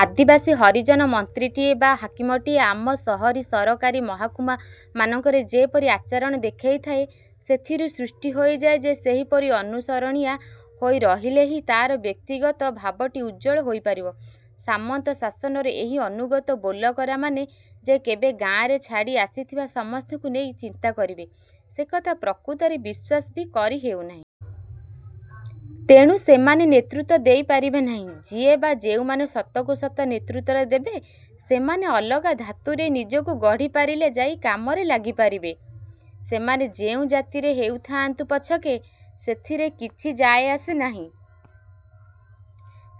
ଆଦିବାସୀ, ହରିଜନ ମନ୍ତ୍ରୀଟିଏ ବା ହାକିମଟିଏ ଆମ ସହରୀ ସରକାରୀ ମହକୁମା ମାନଙ୍କରେ ଯେପରି ଆଚରଣ ଦେଖାଇଥାଏ, ସେଥିରୁ ସୃଷ୍ଟ ହୋଇଯାଏ ଯେ, ସେହିପରି ଅନୁସରଣିଆ ହୋଇ ରହିଲେ ହି ତା'ର ବ୍ୟକ୍ତିଗତ ଭାଗ୍ୟଟି ଉଜ୍ଜ୍ୱଳ ହୋଇପାରିବ। ସାମନ୍ତ ଶାସନର ଏହି ଅନୁଗତ ବୋଲକରାମାନେ ଯେ କେବେ ଗାଆଁରେ ଛାଡ଼ି ଆସିଥିବା ସମସ୍ତଙ୍କୁ ନେଇ ଚିନ୍ତା କରିବେ, ସେକଥା ପ୍ରକୃତରେ ବିଶ୍ୱାସ ବି କରି ହେଉନାହିଁ। ତେଣୁ ସେମାନେ ନେତୃତ୍ୱ ଦେଇପାରିବେ ନାହିଁ । ଯିଏ ବା ଯେଉଁମାନେ ସତକୁ ସତ ନେତୃତ୍ୱ ଦେବେ ସେମାନେ ଅଲଗା ଧାତୁରେ ନିଜକୁ ଗଢ଼ି ପାରିଲେ ଯାଇ କାମରେ ଲାଗିପାରିବେ। ସେମାନେ ଯେଉଁ ଜାତିର ହୋଇଥାଆନ୍ତୁ ପଛକେ, ସେଥିରେ କିଛି ଯାଏଆସେ ନାହିଁ।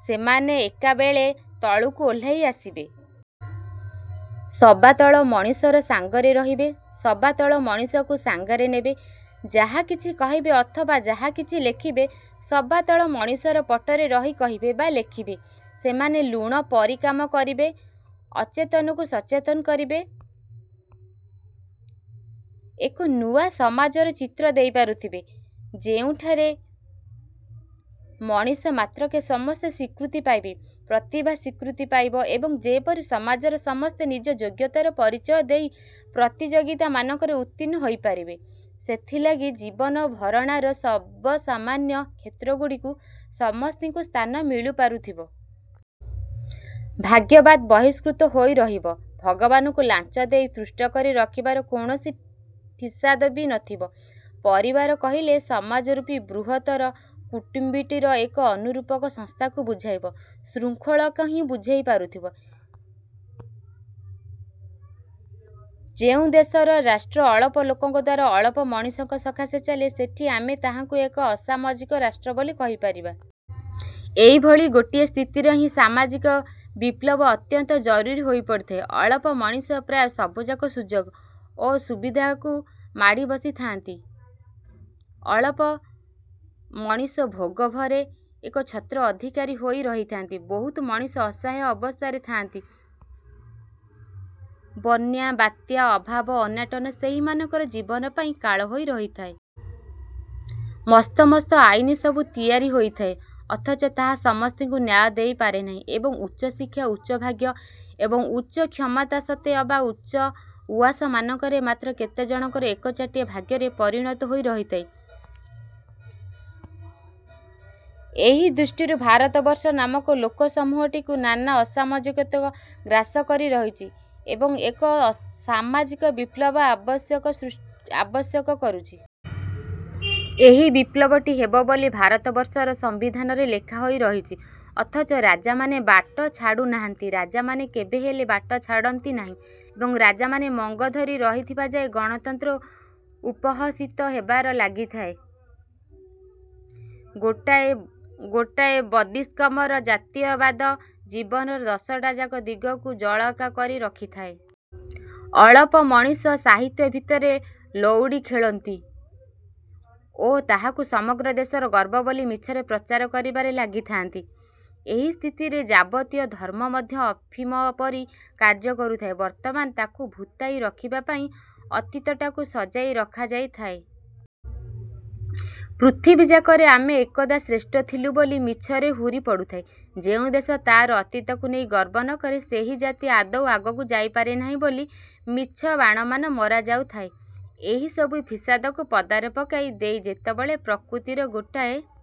ସେମାନେ ଏକାବେଳେକେ ତଳକୁ ଓହ୍ଲାଇ ଆସିବେ। ସବାତଳ ମଣିଷର ସାଙ୍ଗରେ ରହିବେ, ସବାତଳ ମଣିଷକୁ ସାଙ୍ଗରେ ନେବେ। ଯାହାକିଛି କହିବେ ଅଥବା ଯାହାକିଛି ଲେଖିବେ, ସବାତଳ ମଣିଷର ପଟରେ ରହି କହିବେ ବା ଲେଖିବେ। ସେମାନେ ଲୁଣ ପରି କାମ କରିବେ। ଅଚେତନକୁ ସଚେତନ କରିବେ। ଏକ ନୂଆ ସମାଜର ଚିତ୍ର ଦେଇପାରୁଥିବେ, ଯେଉଁଠାରେ ମଣିଷ ମାତ୍ରକେ ସମସ୍ତେ ସ୍ଵୀକୃତି ପାଇବେ, ପ୍ରତିଭା ସ୍ୱୀକୃତି ପାଇବ ଏବଂ ଯେପରି ସମାଜର ସମସ୍ତେ ନିଜ ଯୋଗ୍ୟତାର ପରିଚୟ ଦେଇ ପ୍ରତିଯୋଗିତା ମାନଙ୍କରେ ଉତ୍ତୀର୍ଣ୍ଣ ହୋଇପାରିବେ, ସେଥିଲାଗି ଜୀବନଭରଣାର ସର୍ବସାମାନ୍ୟ କ୍ଷେତ୍ରଗୁଡ଼ିକରେ ସମସ୍ତଙ୍କୁ ସ୍ଥାନ ମିଳିପାରୁଥିବ। ଭାଗ୍ୟବାଦ ବହିଷ୍କୃତ ହୋଇରହିବ। ଭଗବାନଙ୍କୁ ଲାଞ୍ଚ ଦେଇ ତୁଷ୍ଟ କରି ରଖିବାର କୌଣସି ଫିସାଦ ବି ନଥିବ। ପରିବାର କହିଲେ ସମାଜରୂପୀ ବୃହତ୍ତର କୁଟୁମ୍ବଟିର ଏକ ଅନୁପୂରକ ସଂସ୍ଥାକୁ ବୁଝାଇବ, ଶୃଙ୍ଖଳାକୁ ହିଁ ବୁଝାଇ ପାରୁଥିବ| ଯେଉଁ ଦେଶରେ ରାଷ୍ଟ୍ର ଅଳପ ଲୋକଙ୍କ ଦ୍ୱାରା ଅଳପ ମଣିଷଙ୍କ ସକାଶେ ଚାଲେ, ସେଠି ଆମେ ତାହାକୁ ଏକ ଅସାମାଜିକ ରାଷ୍ଟ୍ର ବୋଲି କହିପାରିବା। ଏହିଭଳି ଗୋଟିଏ ସ୍ଥିତିରେ ହିଁ ସାମାଜିକ ବିପ୍ଳବ ଅତ୍ୟନ୍ତ ଜରୁରୀ ହୋଇପଡ଼ିଥାଏ। ଅଳପ ମଣିଷ ପ୍ରାୟ ସବୁଯାକ ସୁଯୋଗ ଓ ସୁବିଧାକୁ ମାଡ଼ି ବସିଥାନ୍ତି। ଅଳପ। ମଣିଷ ଭୋଗଘରେ ଏକଛତ୍ର ଅଧିକାରୀ ହୋଇ ରହିଥାନ୍ତି। ବହୁତ ମଣିଷ ଅସହାୟ ଅବସ୍ଥାରେ ଥାଆନ୍ତି। ବନ୍ୟା, ବାତ୍ୟା, ଅଭାବ, ଅନାଟନ ସେହିମାନଙ୍କର ଜୀବନ ପାଇଁ କାଳ ହୋଇ ରହିଥାଏ। ମସ୍ତ ମସ୍ତ ଆଇନ ସବୁ ତିଆରି ହୋଇଥାଏ, ଅଥଚ ତାହା ସମସ୍ତଙ୍କୁ ନ୍ୟାୟ ଦେଇପାରେ ନାହିଁ। ଏବଂ ଉଚ୍ଚଶିକ୍ଷା, ଉଚ୍ଚଭାଗ୍ୟ ଏବଂ ଉଚ୍ଚକ୍ଷମତା ସତେ ଅବା ଉଚ୍ଚ ଉଆସମାନଙ୍କରେ ମାତ୍ର କେତେଜଣଙ୍କର ଏକଚାଟିଆ ଭାଗ୍ୟରେ ପରିଣତ ହୋଇ ରହିଥାଏ । ଏହି ଦୃଷ୍ଟିରୁ ଭାରତବର୍ଷ ନାମକ ଲୋକସମୂହଟିକୁ ନାନା ଅସାମାଜିକତା ଗ୍ରାସ କରି ରହିଛି ଏବଂ ଏକ ସାମାଜିକ ବିପ୍ଳବ ଆବଶ୍ୟକ କରୁଛି। ଏହି ବିପ୍ଳବଟି ହେବ ବୋଲି ଭାରତବର୍ଷର ସମ୍ବିଧାନରେ ଲେଖାହୋଇ ରହିଛି, ଅଥଚ ରାଜାମାନେ ବାଟ ଛାଡୁନାହାନ୍ତି। ରାଜାମାନେ କେବେହେଲେ ବାଟ ଛାଡ଼ନ୍ତି ନାହିଁ ଏବଂ ରାଜାମାନେ ମଙ୍ଗ ଧରି ରହିଥିବା ଯାଏ ଗଣତନ୍ତ୍ର ଉପହସିତ ହେବାରେ ଲାଗିଥାଏ। ଗୋଟାଏ ବଦ୍କିସମର ଜାତୀୟତାବାଦ ଜୀବନର ଦଶଟାଯାକ ଦିଗକୁ ଜଳକା କରି ରଖିଥାଏ। ଅଳପ ମଣିଷ ସାହିତ୍ୟ ଭିତରେ ଲଉଡ଼ି ଖେଳନ୍ତି ଓ ତାହାକୁ ସମଗ୍ର ଦେଶର ଗର୍ବ ବୋଲି ମିଛରେ ପ୍ରଚାର କରିବାରେ ଲାଗିଥାଆନ୍ତି। ଏହି ସ୍ଥିତିରେ ଯାବତୀୟ ଧର୍ମ ମଧ୍ୟ ଅଫିମ ପରି କାର୍ଯ୍ୟ କରୁଥାଏ। ବର୍ତ୍ତମାନ ତାକୁ ଭୂତାଇ ରଖିବା ପାଇଁ ଅତୀତଟାକୁ ସଜାଇ ରଖାଯାଇଥାଏ। ପୃଥିବୀଯାକରେ ଆମେ ଏକଦା ଶ୍ରେଷ୍ଠ ଥିଲୁ ବୋଲି ମିଛରେ ହୁରି ପଡୁଥାଏ। ଯେଉଁ ଦେଶ ତାର ଅତୀତକୁ ନେଇ ଗର୍ବ ନକରେ, ସେହି ଜାତି ଆଦୌ ଆଗକୁ ଯାଇପାରେ ନାହିଁ ବୋଲି ମିଛ ବାଣମାନ ମରା ଯାଉଥାଏ। ଏହିସବୁ ଫିସାଦକୁ ପଦାରେ ପକାଇ ଦେଇ ଯେତେବେଳେ ପ୍ରକୃତିର ଗୋଟାଏ ।